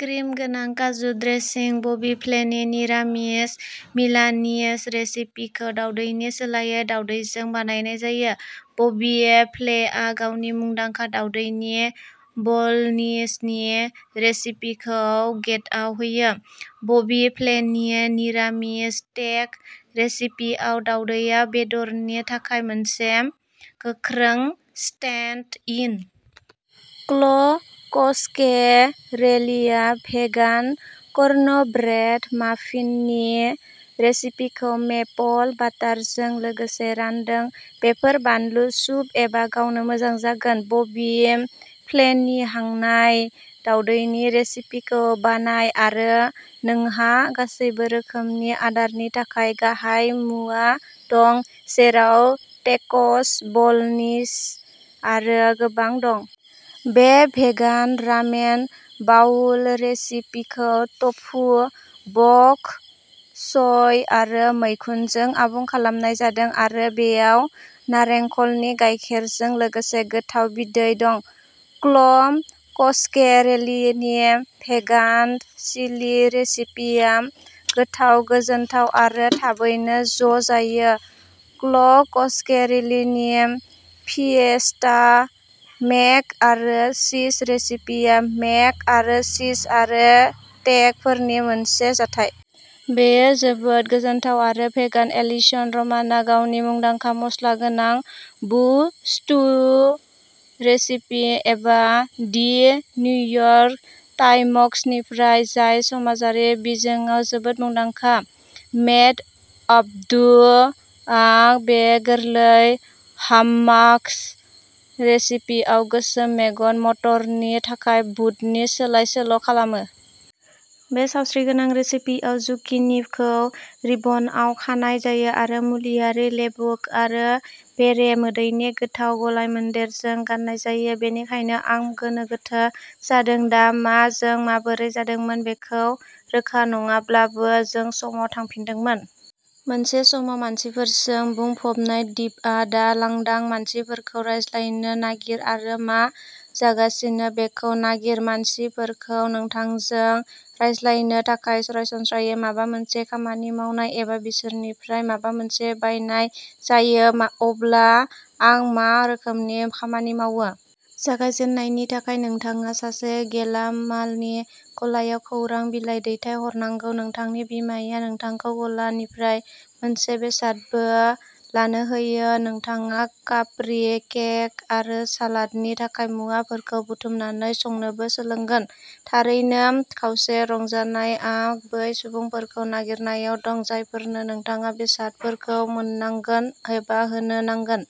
Cream गोनां काजु dressing. बबि फ्लेनि निरामिस मिलानिज रेसिपिखौ दावदैनि सोलायै दावदैजों बानायनाय जायो। बबि फ्लेआ गावनि मुंदांखा दावदैनि बल'नीजनि रेसिपिखौ गेत'आव होयो। बबि फ्लेनि बे निरामिस टेक' रेसिपिआव, दावदैया बेदरनि थाखाय मोनसे गोख्रों स्टेन्ड इन। क्ल'कस्केरेलिआ भेगान कर्नब्रेड माफिननि रेसिपिखौ मेपल बाटारजों लोगोसे रानदों। बेफोर बानलु, सुप एबा गावनो मोजां जागोन। बबि फ्लेनि हांनाय दावदैनि रेसिपिखौ बानाय आरो नोंहा गासैबो रोखोमनि आदारनि थाखाय गाहाय मुवा दं, जेराव टेक'स, बल'नीज आरो गोबां दं। बे भेगान रामेन बाउल रेसिपिखौ टफु, बक च'य आरो मैखुनजों आबुं खालामनाय जादों आरो बेयाव नारेंखलनि गायखेरजों लोगोसे गोथाव बिदै दं। क्ल'कस्केरेलिनि भेगान चिलि रेसिपिया गोथाव, गोजोनथाव आरो थाबैनो ज' जायो। क्ल'कस्केरेलिनि फिएस्टा मेक आरो चीज रेसिपिया मेक आरो चीज आरो टेक'फोरनि मोनसे जथाय। बेयो जोबोद गोजोनथाव आरो भेगान! एलिसन रमानआ गावनि मुंदांखा मस्ला गोनां बु स्ट्यु रेसिपि एबा दि निउयर्क टाइम्सनिफ्राय जाय समाजारि बिजोङाव जोबोद मुंदांखा। मेट आब्दुआ बे गोरलै हाम्मास रेसिपिआव गोसोम मेगन मटरनि थाखाय बुदनि सोलाय सोल' खालामो। बे सावस्रिगोनां रेसिपिआव, जुकिनिखौ रिबनआव खानाय जायो आरो मुलियारि, लेबु आरो बेरे मोदैनि गोथाव गलायमोन्देरजों गाननाय जायो। बेनिखायनो आं गोनो गोथो जादों, दा मा? जों माबोरै जादोंमोन बेखौ रोखा नङाब्लाबो, जों समाव थांफिनदोंमोन। मोनसे समाव मानसिफोरजों बुंफबनाय दिपआ दा लांदां। मानसिफोरखौ रायज्लायनो नागिर आरो मा जागासिनो बेखौ नागिर। मानसिफोरखौ नोंथांजों रायज्लायनो थाखाय सरासनस्रायै माबा मोनसे खामानि मावनाय एबा बिसोरनिफ्राय माबा मोनसे बायनाय जायो। अब्ला आं मा रोखोमनि खामानि मावो? जागायजेननायनि थाखाय नोंथाङा सासे गेलामालनि गलायाव खौरां बिलाइ दैथाय हरनांगौ। नोंथांनि बिमाया नोंथांखौ गलानिफ्राय मोनसे बेसादबो लानो होयो। नोंथाङा काप्रि केक आरो सालादनि थाखाय मुवाफोरखौ बुथुमनानै संनोबो सोलोंगोन! थारैनो, खावसे रंजानायआ बै सुबुंफोरखौ नागिरनायाव दं, जायफोरनो नोंथाङा बेसादफोरखौ मोननांगोन एबा होनो नांगोन।